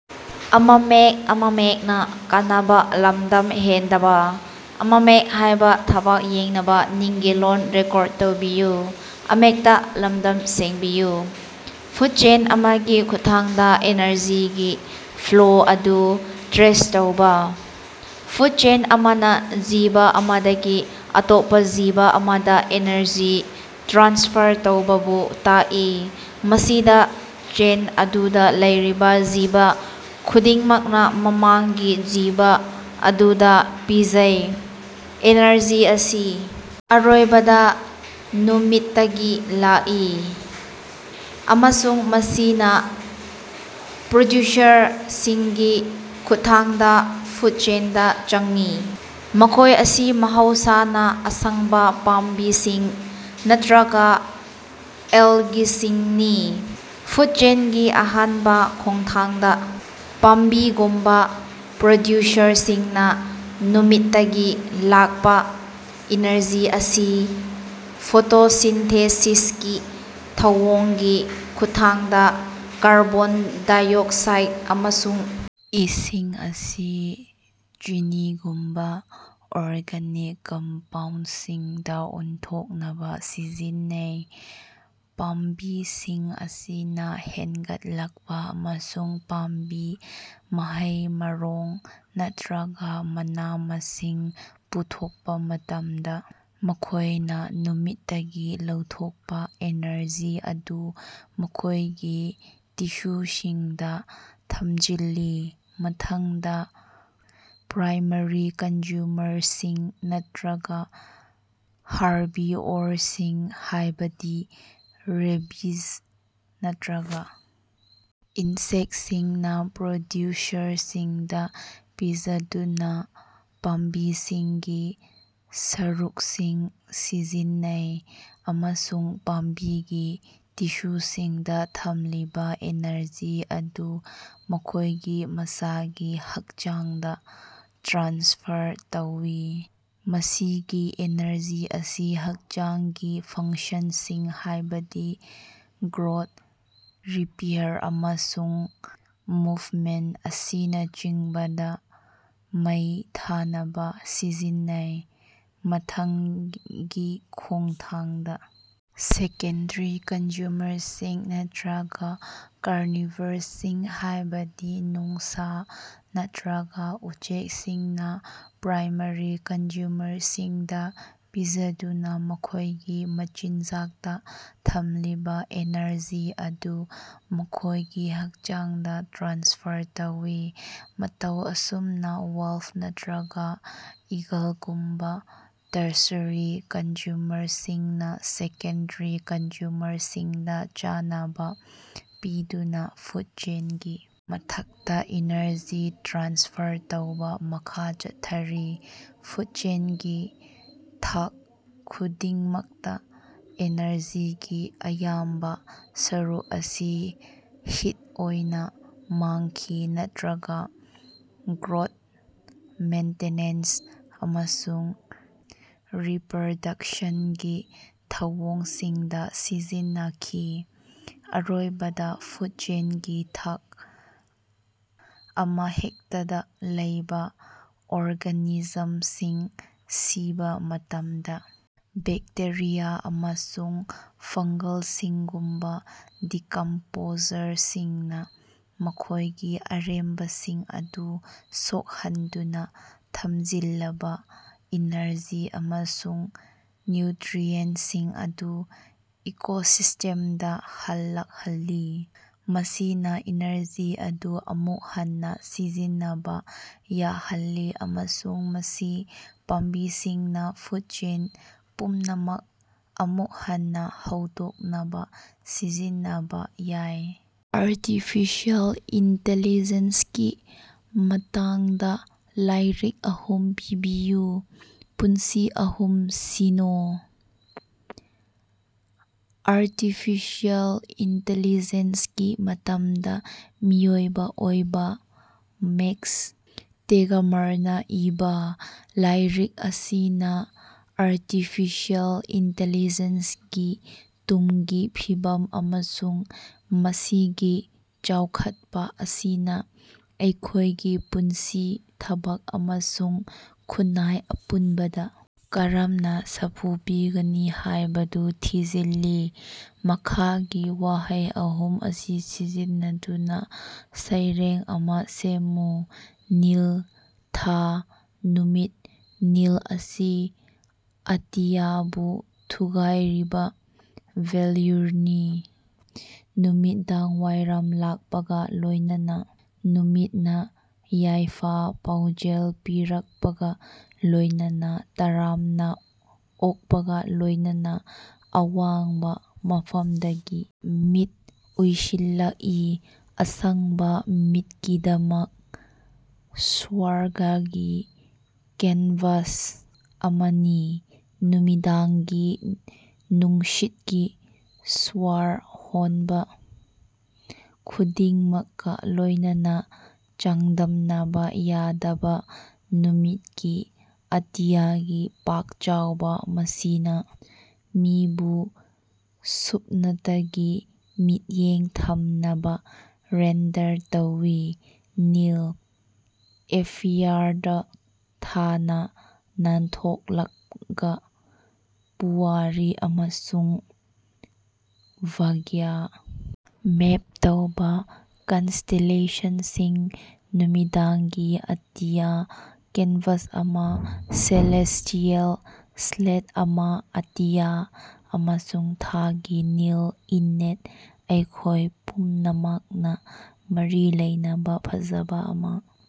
Food chain ꯑꯃꯒꯤ ꯈꯨꯠꯊꯥꯡꯗ ꯑꯦꯅꯔꯖꯤꯒꯤ ꯐ꯭ꯂꯣ ꯑꯗꯨ ꯇ꯭ꯔꯦꯁ ꯇꯧꯕ꯫ ꯐꯨꯗ ꯆꯦꯟ ꯑꯃꯅ ꯖꯤꯕ ꯑꯃꯗꯒꯤ ꯑꯇꯣꯞꯄ ꯖꯤꯕ ꯑꯃꯗ ꯑꯦꯅꯔꯖꯤ ꯇ꯭ꯔꯥꯟꯁꯐꯔ ꯇꯧꯕꯕꯨ ꯇꯥꯛꯏ, ꯃꯁꯤꯗ ꯆꯦꯟ ꯑꯗꯨꯗ ꯂꯩꯔꯤꯕ ꯖꯤꯕ ꯈꯨꯗꯤꯡꯃꯛꯅ ꯃꯃꯥꯡꯒꯤ ꯖꯤꯕ ꯑꯗꯨꯗ ꯄꯤꯖꯩ꯫ ꯑꯦꯅꯔꯖꯤ ꯑꯁꯤ ꯑꯔꯣꯏꯕꯗ ꯅꯨꯃꯤꯠꯇꯒꯤ ꯂꯥꯛꯏ, ꯑꯃꯁꯨꯡ ꯃꯁꯤꯅ ꯄ꯭ꯔꯗ꯭ꯌꯨꯁꯔꯁꯤꯡꯒꯤ ꯈꯨꯠꯊꯥꯡꯗ ꯐꯨꯗ ꯆꯦꯟꯗ ꯆꯪꯏ, ꯃꯈꯣꯏ ꯑꯁꯤ ꯃꯍꯧꯁꯥꯅ ꯑꯁꯪꯕ ꯄꯥꯝꯕꯤꯁꯤꯡ ꯅꯠꯇ꯭ꯔꯒ ꯑꯦꯜꯒꯤꯁꯤꯡꯅꯤ꯫ ꯐꯨꯗ ꯆꯦꯟꯒꯤ ꯑꯍꯥꯟꯕ ꯈꯣꯡꯊꯥꯡꯗ, ꯄꯥꯝꯕꯤꯒꯨꯝꯕ ꯄ꯭ꯔꯗ꯭ꯌꯨꯁꯔꯁꯤꯡꯅ ꯅꯨꯃꯤꯠꯇꯒꯤ ꯂꯥꯛꯄ ꯏꯅꯔꯖꯤ ꯑꯁꯤ ꯐꯣꯇꯣꯁꯤꯟꯊꯦꯁꯤꯁꯀꯤ ꯊꯧꯑꯣꯡꯒꯤ ꯈꯨꯠꯊꯥꯡꯗ ꯀꯥꯔꯕꯣꯟ ꯗꯥꯏꯑꯣꯛꯁꯥꯏꯠ ꯑꯃꯁꯨꯡ ꯏꯁꯤꯡ ꯑꯁꯤ ꯆꯤꯅꯤꯒꯨꯝꯕ ꯑꯣꯔꯒꯥꯅꯤꯛ ꯀꯝꯄꯥꯎꯟꯠꯁꯤꯡꯗ ꯑꯣꯟꯊꯣꯛꯅꯕ ꯁꯤꯖꯤꯟꯅꯩ꯫ ꯄꯥꯝꯕꯤꯁꯤꯡ ꯑꯁꯤꯅ ꯍꯦꯟꯒꯠꯂꯛꯄ ꯑꯃꯁꯨꯡ ꯄꯥꯝꯕꯤ, ꯃꯍꯩ-ꯃꯔꯣꯡ ꯅꯠꯇ꯭ꯔꯒ ꯃꯅꯥ-ꯃꯁꯤꯡ ꯄꯨꯊꯣꯛꯄ ꯃꯇꯝꯗ, ꯃꯈꯣꯏꯅ ꯅꯨꯃꯤꯠꯇꯒꯤ ꯂꯧꯊꯣꯛꯄ ꯑꯦꯅꯔꯖꯤ ꯑꯗꯨ ꯃꯈꯣꯏꯒꯤ ꯇꯤꯁꯨꯁꯤꯡꯗ ꯊꯝꯖꯤꯜꯂꯤ꯫ ꯃꯊꯪꯗ, ꯄ꯭ꯔꯥꯏꯃꯥꯔꯤ ꯀꯟꯖꯨꯃꯔꯁꯤꯡ ꯅꯠꯇ꯭ꯔꯒ ꯍꯥꯔꯕꯤꯑꯣꯔꯁꯤꯡ, ꯍꯥꯏꯕꯗꯤ ꯔꯦꯕꯤꯖ ꯅꯠꯇ꯭ꯔꯒ ꯏꯟꯁꯦꯛꯁꯤꯡꯅ ꯄ꯭ꯔꯗ꯭ꯌꯨꯁꯔꯁꯤꯡꯗ ꯄꯤꯖꯗꯨꯅ, ꯄꯥꯝꯕꯤꯁꯤꯡꯒꯤ ꯁꯔꯨꯛꯁꯤꯡ ꯁꯤꯖꯤꯟꯅꯩ ꯑꯃꯁꯨꯡ ꯄꯥꯝꯕꯤꯒꯤ ꯇꯤꯁꯨꯁꯤꯡꯗ ꯊꯝꯂꯤꯕ ꯑꯦꯅꯔꯖꯤ ꯑꯗꯨ ꯃꯈꯣꯏꯒꯤ ꯃꯁꯥꯒꯤ ꯍꯛꯆꯥꯡꯗ ꯇ꯭ꯔꯥꯟꯁꯐꯔ ꯇꯧꯏ꯫ ꯃꯁꯤꯒꯤ ꯑꯦꯅꯔꯖꯤ ꯑꯁꯤ ꯍꯛꯆꯥꯡꯒꯤ ꯐꯪꯁꯟꯁꯤꯡ ꯍꯥꯏꯕꯗꯤ ꯒ꯭ꯔꯣꯗ, ꯔꯤꯄꯦꯌꯥꯔ ꯑꯃꯁꯨꯡ ꯃꯨꯚꯃꯦꯟ ꯑꯁꯤꯅꯆꯤꯡꯕꯗ ꯃꯩ ꯊꯥꯅꯕ ꯁꯤꯖꯤꯟꯅꯩ꯫ ꯃꯊꯪꯒꯤ ꯈꯣꯡꯊꯥꯡꯗ, ꯁꯦꯀꯦꯟꯗꯔꯤ ꯀꯟꯖꯨꯃꯔꯁꯤꯡ ꯅꯠꯇ꯭ꯔꯒ ꯀꯥꯔꯅꯤꯚꯔꯁꯤꯡ, ꯍꯥꯏꯕꯗꯤ ꯅꯣꯡꯁꯥ ꯅꯠꯇ꯭ꯔꯒ ꯎꯆꯦꯛꯁꯤꯡꯅ ꯄ꯭ꯔꯥꯏꯃꯥꯔꯤ ꯀꯟꯖꯨꯃꯔꯁꯤꯡꯗ ꯄꯤꯖꯗꯨꯅ ꯃꯈꯣꯏꯒꯤ ꯃꯆꯤꯟꯖꯥꯛꯇ ꯊꯝꯂꯤꯕ ꯑꯦꯅꯔꯖꯤ ꯑꯗꯨ ꯃꯈꯣꯏꯒꯤ ꯍꯛꯆꯥꯡꯗ ꯇ꯭ꯔꯥꯟꯁꯐꯔ ꯇꯧꯏ꯫ ꯃꯇꯧ ꯑꯁꯨꯝꯅ, ꯋꯥꯜꯐ ꯅꯠꯇꯔꯒꯥ ꯏꯒꯜꯒꯨꯝꯕ ꯇꯔꯁꯔꯤ ꯀꯟꯖꯨꯃꯔꯁꯤꯡꯅ ꯁꯦꯀꯦꯟꯗꯔꯤ ꯀꯟꯖꯨꯃꯔꯁꯤꯡꯗ ꯆꯥꯅꯕ ꯄꯤꯗꯨꯅ ꯐꯨꯗ ꯆꯦꯟꯒꯤ ꯃꯊꯛꯇ ꯏꯅꯔꯖꯤ ꯇ꯭ꯔꯥꯟꯁꯐꯔ ꯇꯧꯕ ꯃꯈꯥ ꯆꯠꯊꯔꯤ꯫ ꯐꯨꯗ ꯆꯦꯟꯒꯤ ꯊꯥꯛ ꯈꯨꯗꯤꯡꯃꯛꯇ, ꯑꯦꯅꯔꯖꯤꯒꯤ ꯑꯌꯥꯝꯕ ꯁꯔꯨꯛ ꯑꯁꯤ ꯍꯤꯠ ꯑꯣꯏꯅ ꯃꯥꯡꯈꯤ ꯅꯠꯇ꯭ꯔꯒ ꯒ꯭ꯔꯣꯠ, ꯃꯦꯟꯇꯦꯅꯦꯟꯁ ꯑꯃꯁꯨꯡ ꯔꯤꯄꯔꯗꯛꯁꯟꯒꯤ ꯊꯧꯑꯣꯡꯁꯤꯡꯗ ꯁꯤꯖꯤꯟꯅꯈꯤ꯫ ꯑꯔꯣꯏꯕꯗ, ꯐꯨꯗ ꯆꯦꯟꯒꯤ ꯊꯥꯛ ꯑꯃꯍꯦꯛꯇꯗ ꯂꯩꯕ ꯑꯣꯔꯒꯥꯅꯤꯖꯝꯁꯤꯡ ꯁꯤꯕ ꯃꯇꯝꯗ, ꯕꯦꯛꯇꯦꯔꯤꯌꯥ ꯑꯃꯁꯨꯡ ꯐꯪꯒꯜꯁꯤꯡꯒꯨꯝꯕ ꯗꯤꯀꯝꯄꯣꯖꯔꯁꯤꯡꯅ ꯃꯈꯣꯏꯒꯤ ꯑꯔꯦꯝꯕꯁꯤꯡ ꯑꯗꯨ ꯁꯣꯛꯍꯟꯗꯨꯅ ꯊꯝꯖꯤꯜꯂꯕ ꯏꯅꯔꯖꯤ ꯑꯃꯁꯨꯡ ꯅ꯭ꯌꯨꯇ꯭ꯔꯤꯑꯦꯟꯁꯤꯡ ꯑꯗꯨ ꯏꯀꯣꯁꯤꯁ꯭ꯇꯦꯝꯗ ꯍꯜꯂꯛꯍꯜꯂꯤ꯫ ꯃꯁꯤꯅ ꯏꯅꯔꯖꯤ ꯑꯗꯨ ꯑꯃꯨꯛ ꯍꯟꯅ ꯁꯤꯖꯤꯟꯅꯕ ꯌꯥꯍꯜꯂꯤ, ꯑꯃꯁꯨꯡ ꯃꯁꯤ ꯄꯥꯝꯕꯤꯁꯤꯡꯅ ꯐꯨꯗ ꯆꯦꯟ ꯄꯨꯝꯅꯃꯛ ꯑꯃꯨꯛ ꯍꯟꯅ ꯍꯧꯗꯣꯛꯅꯕ ꯁꯤꯖꯤꯟꯅꯕ ꯌꯥꯏ꯫ ꯑꯥꯔꯇꯤꯐꯤꯁꯤꯑꯦꯜ ꯏꯟꯇꯦꯂꯤꯖꯦꯟꯁꯀꯤ ꯃꯇꯥꯡꯗ ꯂꯥꯏꯔꯤꯛ ꯑꯍꯨꯝ ꯄꯤꯕꯤꯌꯨ꯫ ꯄꯨꯟꯁꯤ ꯑꯍꯨꯝ ꯁꯤꯅ‌ꯣ: ꯑꯥꯔꯇꯤꯐꯤꯁꯤꯑꯦꯜ ꯏꯟꯇꯦꯂꯤꯖꯦꯟꯁꯀꯤ ꯃꯇꯝꯗ ꯃꯤꯑꯣꯏꯕ ꯑꯣꯏꯕ ꯃꯦꯛꯁ ꯇꯦꯒꯃꯥꯔꯅ ꯏꯕꯥ: ꯂꯥꯏꯔꯤꯛ ꯑꯁꯤꯅ ꯑꯥꯔꯇꯤꯐꯤꯁꯤꯑꯦꯜ ꯏꯟꯇꯦꯂꯤꯖꯦꯟꯁꯒꯤ ꯇꯨꯡꯒꯤ ꯐꯤꯕꯝ ꯑꯃꯁꯨꯡ ꯃꯁꯤꯒꯤ ꯆꯥꯎꯈꯠꯄ ꯑꯁꯤꯅ ꯑꯩꯈꯣꯏꯒꯤ ꯄꯨꯟꯁꯤ, ꯊꯕꯛ ꯑꯃꯁꯨꯡ ꯈꯨꯟꯅꯥꯏ ꯑꯄꯨꯟꯕꯗ ꯀꯔꯝꯅ ꯁꯥꯐꯨ ꯄꯤꯒꯅꯤ ꯍꯥꯏꯕꯗꯨ ꯊꯤꯖꯤꯜꯂꯤ꯫ ꯃꯈꯥꯒꯤ ꯋꯥꯍꯩ ꯑꯍꯨꯝ ꯑꯁꯤ ꯁꯤꯖꯤꯟꯅꯗꯨꯅ ꯁꯩꯔꯦꯡ ꯑꯃ ꯁꯦꯝꯃꯨ: ꯅꯤꯜ, ꯊꯥ, ꯅꯨꯃꯤꯠ꯫ ꯅꯤꯜ ꯑꯁꯤ ꯑꯇꯤꯌꯥꯕꯨ ꯊꯨꯒꯥꯏꯔꯤꯕ ꯚꯦꯜꯌꯨꯅꯤ, ꯅꯨꯃꯤꯗꯥꯡꯋꯥꯏꯔꯝ ꯂꯥꯛꯄꯒ ꯂꯣꯏꯅꯅ ꯅꯨꯃꯤꯠꯅ ꯌꯥꯏꯐ-ꯄꯥꯎꯖꯦꯜ ꯄꯤꯔꯛꯄꯒ ꯂꯣꯏꯅꯅ, ꯇꯔꯥꯝꯅꯥ ꯑꯣꯛꯄꯒ ꯂꯣꯏꯅꯅ ꯑꯋꯥꯡꯕ ꯃꯐꯝꯗꯒꯤ ꯃꯤꯠ ꯎꯏꯁꯤꯜꯂꯛꯏ, ꯑꯁꯪꯕ ꯃꯤꯠꯀꯤꯗꯃꯛ ꯁ꯭ꯋꯔꯒꯒꯤ ꯀꯦꯟꯚꯥꯁ ꯑꯃꯅꯤ꯫ ꯅꯨꯃꯤꯗꯥꯡꯒꯤ ꯅꯨꯡꯁꯤꯠꯀꯤ ꯁ꯭ꯋꯔ ꯍꯣꯟꯕ ꯈꯨꯗꯤꯡꯃꯛꯀ ꯂꯣꯏꯅꯅ, ꯆꯥꯡꯗꯝꯅꯕ ꯌꯥꯗꯕ ꯅꯨꯃꯤꯠꯀꯤ ꯑꯇꯤꯌꯥꯒꯤ ꯄꯥꯛ ꯆꯥꯎꯕ, ꯃꯁꯤꯅ ꯃꯤꯕꯨ ꯁꯨꯞꯅꯇꯒꯤ ꯃꯤꯠꯌꯦꯡ ꯊꯝꯅꯕ ꯔꯦꯟꯗꯔ ꯇꯧꯏ, ꯅꯤꯜ ꯑꯦꯐꯦꯌꯥꯔꯗ ꯊꯥꯅꯥ ꯅꯥꯟꯊꯣꯛꯂꯛꯒ, ꯄꯨꯋꯥꯔꯤ ꯑꯃꯁꯨꯡ ꯚꯥꯒ꯭ꯌ ꯃꯦꯞ ꯇꯧꯕ ꯀꯟꯁꯇꯦꯂꯦꯁꯟꯁꯤꯡ, ꯅꯨꯃꯤꯗꯥꯡꯒꯤ ꯑꯇꯤꯌꯥ ꯀꯦꯟꯚꯥꯁ ꯑꯃ, ꯁꯦꯂꯦꯁ꯭ꯇꯤꯑꯦꯜ ꯁ꯭ꯂꯦꯠ ꯑꯃ, ꯑꯇꯤꯌꯥ ꯑꯃꯁꯨꯡ ꯊꯥꯒꯤ ꯅꯤꯜ ꯏꯟꯅꯦꯠ, ꯑꯩꯈꯣꯏ ꯄꯨꯝꯅꯃꯛꯅ ꯃꯔꯤ ꯂꯩꯅꯕ ꯐꯖꯕꯥ ꯑꯃ꯫